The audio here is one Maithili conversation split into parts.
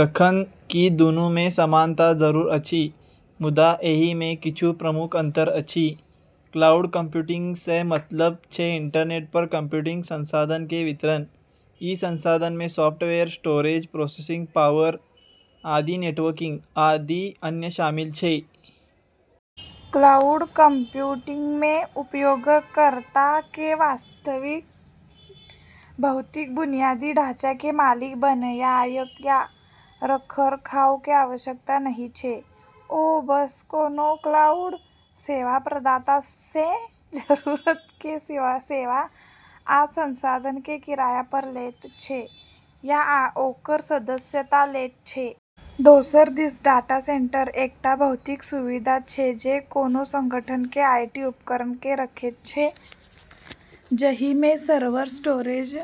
जखन कि दुनू मे समानता जरूर अछि, मुदा एहि मे किछु प्रमुख अंतर अछि। क्लाउड कंप्यूटिंग सँ मतलब छै इंटरनेट पर कंप्यूटिंग संसाधन के वितरण। ई संसाधन मे सॉफ्टवेयर, स्टोरेज, प्रोसेसिंग पावर, आ नेटवर्किंग, आ अन्य शामिल छै। क्लाउड कंप्यूटिंग मे, उपयोगकर्ता के वास्तविक भौतिक बुनियादी ढाँचा के मालिक बननाय या रखरखाव के आवश्यकता नहि छै; ओ बस कोनों क्लाउड सेवा प्रदाता सँ जरूरत के सेवा आ संसाधन के किराया पर लैत छै या ओकर सदस्यता लैत छै। दोसर दिस, डाटा सेंटर एकटा भौतिक सुविधा छै जे कोनों संगठन के आईटी उपकरण के रखैत छै, जहि मे सर्वर, स्टोरेज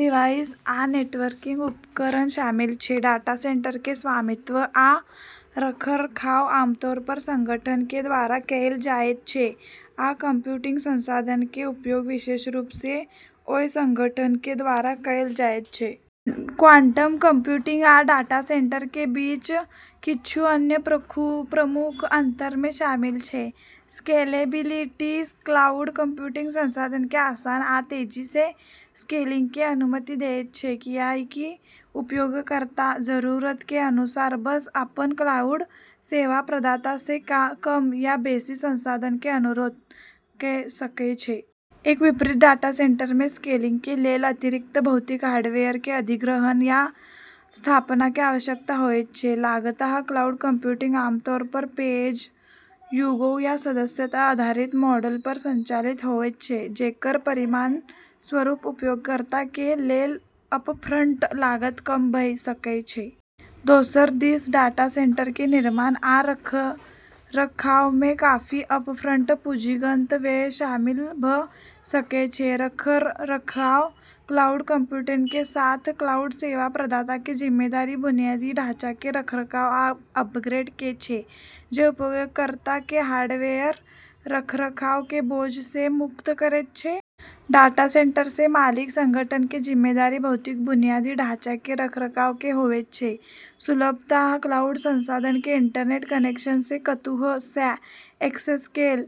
डिवाइस आ नेटवर्किंग उपकरण शामिल छै। डाटा सेंटर के स्वामित्व आ रखरखाव आमतौर पर संगठन के द्वारा कैल जाइत छै, आ कंप्यूटिंग संसाधन के उपयोग विशेष रूप सँ ओय संगठन के द्वारा कैल जाइत छै। क्वांटम कंप्यूटिंग आ डाटा सेंटर के बीच किछु अन्य प्रमुख अंतर मे शामिल छै: स्केलेबिलिटी: क्लाउड कंप्यूटिंग संसाधन के आसान आ तेजी सँ स्केलिंग के अनुमति देयत छै, कियाकि उपयोगकर्ता जरूरत के अनुसार बस अपन क्लाउड सेवा प्रदाता सँ कम या बेसि संसाधन के अनुरोध कऽ सकय छै। एकर विपरीत, डाटा सेंटर मे स्केलिंग के लेल अतिरिक्त भौतिक हार्डवेयर के अधिग्रहण आ स्थापना के आवश्यकता होयत छै। लागत: क्लाउड कंप्यूटिंग आमतौर पर पे-एज-यू-गो या सदस्यता आधारित मॉडल पर संचालित होयत छै, जेकर परिणामस्वरूप उपयोगकर्ता के लेल अपफ्रंट लागत कम भऽ सकय छै। दोसर दिस डाटा सेंटर के निर्माण आ रखरखाव मे काफी अपफ्रंट पूंजीगत व्यय शामिल भऽ सकय छै। रखरखाव: क्लाउड कंप्यूटिंग के साथ क्लाउड सेवा प्रदाता के जिम्मेदारी बुनियादी ढाँचा के रखरखाव आ अपग्रेड के छै, जे उपयोगकर्ता के हार्डवेयर रखरखाव के बोझ सँ मुक्त करैत छै। डाटा सेंटर मे मालिक संगठन के जिम्मेदारी भौतिक बुनियादी ढाँचा के रखरखाव के होयत छै। सुलभता: क्लाउड संसाधन के इंटरनेट कनेक्शन सँ कतहु सँ एक्सेस कैल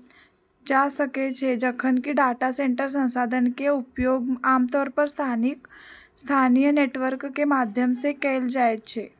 जा सकय छै, जखन कि डाटा सेंटर संसाधन के उपयोग आमतौर पर स्थानीय नेटवर्क के माध्यम सँ कैल जाइत छै।